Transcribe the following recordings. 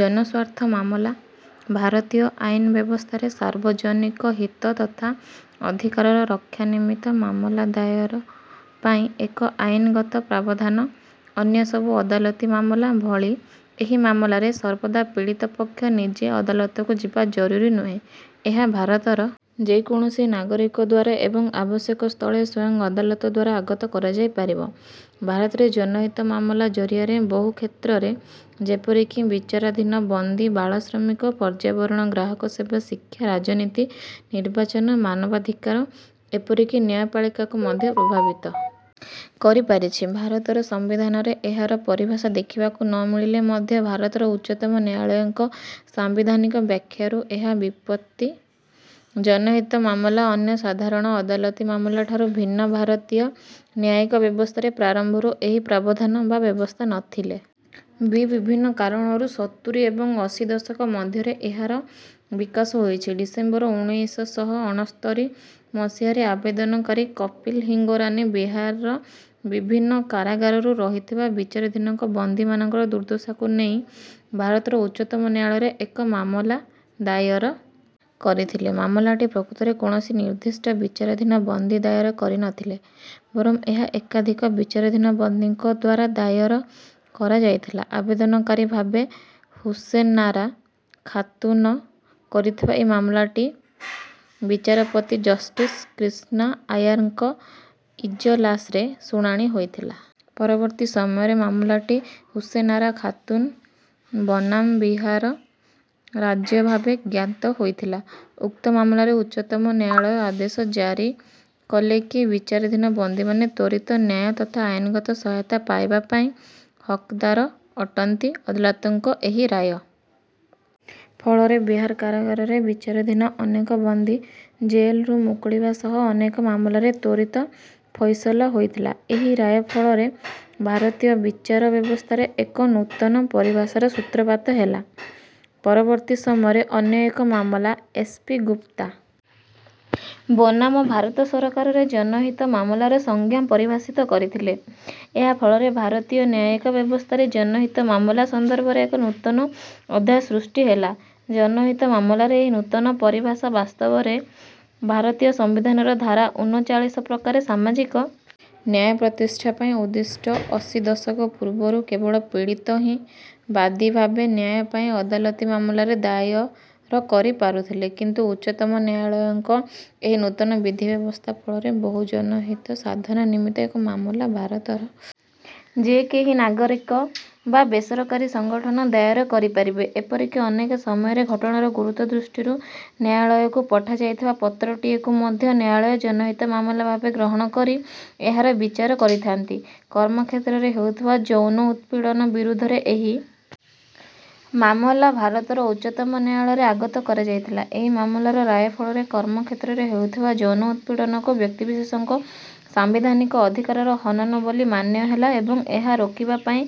ଜନସ୍ୱାର୍ଥ ମାମଲା ଭାରତୀୟ ଆଇନ ବ୍ୟବସ୍ଥାରେ ସାର୍ବଜନିକ ହିତ ତଥା ଅଧିକାରର ରକ୍ଷା ନିମିତ୍ତ ମାମଲା ଦାୟର ପାଇଁ ଏକ ଆଇନଗତ ପ୍ରାବଧାନ ଅନ୍ୟସବୁ ଅଦାଲତି ମାମଲା ଭଳି ଏହି ମାମଲାରେ ସର୍ବଦା ପୀଡ଼ିତ ପକ୍ଷ ନିଜେ ଅଦାଲତକୁ ଯିବା ଜରୁରୀ ନୁହେଁ ଏହା ଭାରତର ଯେ କୌଣସି ନାଗରିକ ଦ୍ୱାରା ଏବଂ ଆବଶ୍ୟକ ସ୍ଥଳେ ସ୍ୱୟଂ ଅଦାଲତ ଦ୍ୱାରା ଆଗତ କରାଯାଇପାରିବ ଭାରତରେ ଜନହିତ ମାମଲା ଜରିଆରେ ବହୁ କ୍ଷେତ୍ରରେ ଯେପରିକି ବିଚାରାଧୀନ ବନ୍ଦୀ ବାଳଶ୍ରମିକ ପର୍ଯ୍ୟାବରଣ ଗ୍ରାହକ ସେବା ଶିକ୍ଷା ରାଜନୀତି ନିର୍ବାଚନ ମାନବାଧିକାର ଏପରିକି ନ୍ୟାୟପାଳିକାକୁ ମଧ୍ୟ ପ୍ରଭାବିତ କରିପାରିଛି ଭାରତର ସମ୍ବିଧାନରେ ଏହାର ପରିଭାଷା ଦେଖିବାକୁ ନ ମିଳିଲେ ମଧ୍ୟ ଭାରତର ଉଚ୍ଚତମ ନ୍ୟାୟାଳୟଙ୍କ ସାମ୍ବିଧାନିକ ବ୍ୟାଖ୍ୟାରୁ ଏହାର ବ୍ୟୁତ୍ପତ୍ତି ଜନହିତ ମାମଲା ଅନ୍ୟ ସାଧାରଣ ଅଦାଲତି ମାମଲାଠାରୁ ଭିନ୍ନ ଭାରତୀୟ ନ୍ୟାୟିକ ବ୍ୟବସ୍ଥାରେ ପ୍ରାରମ୍ଭରୁ ଏହି ପ୍ରାବଧାନ ବା ବ୍ୟବସ୍ଥା ନ ଥିଲେ ବି ବିଭିନ୍ନ କାରଣରୁ ସତୁରୀ ଏବଂ ଅଶୀ ଦଶକ ମଧ୍ୟରେ ଏହାର ବିକାଶ ହୋଇଛି ଡିସେମ୍ବର ଉଣେଇଶ ଶହ ଅଣସ୍ତରି ମସିହାରେ ଆବେଦନକାରୀ କପିଲ ହିଙ୍ଗୋରାନୀ ବିହାରର ବିଭିନ୍ନ କାରାଗାରରେ ରହିଥିବା ବିଚାରାଧୀନ ବନ୍ଦୀମାନଙ୍କର ଦୁର୍ଦ୍ଦଶାକୁ ନେଇ ଭାରତର ଉଚ୍ଚତମ ନ୍ୟାୟାଳୟରେ ଏକ ମାମଲା ଦାୟର କରିଥିଲେ ମାମଲାଟି ପ୍ରକୃତରେ କୌଣସି ନିର୍ଦ୍ଦିଷ୍ଟ ବିଚାରାଧୀନ ବନ୍ଦୀ ଦାୟର କରି ନ ଥିଲେ ବରଂ ଏହା ଏକାଧିକ ବିଚାରାଧୀନ ବନ୍ଦୀଙ୍କ ଦ୍ୱାରା ଦାୟର କରାଯାଇଥିଲା ଆବେଦନକାରୀ ଭାବେ ହୁସେନ୍ନାରା ଖାତୁନ କରିଥିବା ଏହି ମାମଲାଟି ବିଚାରପତି ଜଷ୍ଟିସ କ୍ରିଷ୍ଣା ଆୟାରଙ୍କ ଇଜଲାସରେ ଶୁଣାଣି ହୋଇଥିଲା ପରବର୍ତ୍ତୀ ସମୟରେ ମାମଲାଟି ହୁସେନ୍ନାରା ଖାତୁନ ବନାମ ବିହାର ରାଜ୍ୟ ଭାବେ ଜ୍ଞାତ ହୋଇଥିଲା ଉକ୍ତ ମାମଲାରେ ଉଚ୍ଚତମ ନ୍ୟାୟାଳୟ ଆଦେଶ ଜାରି କଲେ କି ବିଚାରାଧୀନ ବନ୍ଦୀମାନେ ତ୍ୱରିତ ନ୍ୟାୟ ତଥା ଆଇନଗତ ସହାୟତା ପାଇବା ପାଇଁ ହକଦାର ଅଟନ୍ତି ଅଦାଲତଙ୍କ ଏହି ରାୟ ଫଳରେ ବିହାର କାରାଗାରରେ ବିଚାରାଧୀନ ଅନେକ ବନ୍ଦୀ ଜେଲରୁ ମୁକୁଳିବା ସହ ଅନେକ ମାମଲାର ତ୍ୱରିତ ଫୈସଲା ହୋଇଥିଲା ଏହି ରାୟ ଫଳରେ ଭାରତୀୟ ବିଚାର ବ୍ୟବସ୍ଥାରେ ଏକ ନୂତନ ପରିଭାଷାର ସୂତ୍ରପାତ ହେଲା ପରବର୍ତ୍ତୀ ସମୟରେ ଅନ୍ୟ ଏକ ମାମଲା ଏସ୍ ପି ଗୁପ୍ତା ବନାମ ଭାରତ ସରକାରରେ ଜନହିତ ମାମଲାର ସଂଜ୍ଞା ପରିଭାଷିତ କରିଥିଲେ ଏହା ଫଳରେ ଭାରତୀୟ ନ୍ୟାୟିକ ବ୍ୟବସ୍ଥାରେ ଜନହିତ ମାମଲା ସନ୍ଦର୍ଭରେ ଏକ ନୂତନ ଅଧ୍ୟାୟ ସୃଷ୍ଟି ହେଲା ଜନହିତ ମାମଲାର ଏହି ନୂତନ ପରିଭାଷା ବାସ୍ତବରେ ଭାରତୀୟ ସମ୍ବିଧାନର ଧାରା ଉନଚାଳିଶ ପ୍ରକାରେ ସାମାଜିକ ନ୍ୟାୟ ପ୍ରତିଷ୍ଠା ପାଇଁ ଉଦ୍ଦିଷ୍ଟ ଅଶୀ ଦଶକ ପୂର୍ବରୁ କେବଳ ପୀଡ଼ିତ ହିଁ ବାଦୀ ଭାବେ ନ୍ୟାୟ ପାଇଁ ଅଦାଲତି ମାମଲା ଦାୟର କରିପାରୁଥିଲେ କିନ୍ତୁ ଉଚ୍ଚତମ ନ୍ୟାୟାଳୟଙ୍କ ଏହି ନୂତନ ବିଧି ବ୍ୟବସ୍ଥା ଫଳରେ ବହୁଜନ ହିତ ସାଧନ ନିମିତ୍ତ ଏକ ମାମଲା ଭାରତର ଯେ କେହି ନାଗରିକ ବା ବେସରକାରୀ ସଂଗଠନ ଦାୟର କରିପାରିବେ ଏପରିକି ଅନେକ ସମୟରେ ଘଟଣାର ଗୁରୁତ୍ୱ ଦୃଷ୍ଟିରୁ ନ୍ୟାୟାଳୟକୁ ପଠାଯାଇଥିବା ପତ୍ରଟିଏକୁ ମଧ୍ୟ ନ୍ୟାୟାଳୟ ଜନହିତ ମାମଲା ଭାବେ ଗ୍ରହଣ କରି ଏହାର ବିଚାର କରିଥାଆନ୍ତି କର୍ମକ୍ଷେତ୍ରରେ ହେଉଥିବା ଯୌନ ଉତ୍ପୀଡ଼ନ ବିରୁଦ୍ଧରେ ଏହି ମାମଲା ଭାରତର ଉଚ୍ଚତମ ନ୍ୟାୟାଳୟରେ ଆଗତ କରାଯାଇଥିଲା ଏହି ମାମଲାର ରାୟ ଫଳରେ କର୍ମକ୍ଷେତ୍ରରେ ହେଉଥିବା ଯୌନ ଉତ୍ପୀଡ଼ନକୁ ବ୍ୟକ୍ତିବିଶେଷଙ୍କ ସାମ୍ବିଧାନିକ ଅଧିକାରର ହନନ ବୋଲି ମାନ୍ୟ ହେଲା ଏବଂ ଏହା ରୋକିବା ପାଇଁ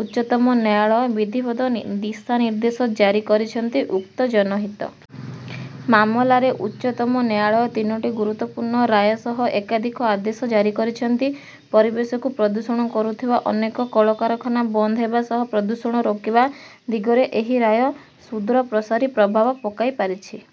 ଉଚ୍ଚତମ ନ୍ୟାୟାଳୟ ବିଧିବଦ୍ଧ ଦିଶାନିର୍ଦ୍ଦେଶ ଜାରି କରିଛନ୍ତି ଉକ୍ତ ଜନହିତ ମାମଲାରେ ଉଚ୍ଚତମ ନ୍ୟାୟାଳୟ ତିନୋଟି ଗୁରୁତ୍ୱପୂର୍ଣ୍ଣ ରାୟ ସହ ଏକାଧିକ ଆଦେଶ ଜାରି କରିଛନ୍ତି ପରିବେଶକୁ ପ୍ରଦୂଷଣ କରୁଥିବା ଅନେକ କଳକାରଖାନା ବନ୍ଦ ହେବା ସହ ପ୍ରଦୂଷଣ ରୋକିବା ଦିଗରେ ଏହି ରାୟ ସୁଦୂରପ୍ରସାରୀ ପ୍ରଭାବ ପକାଇପାରିଛି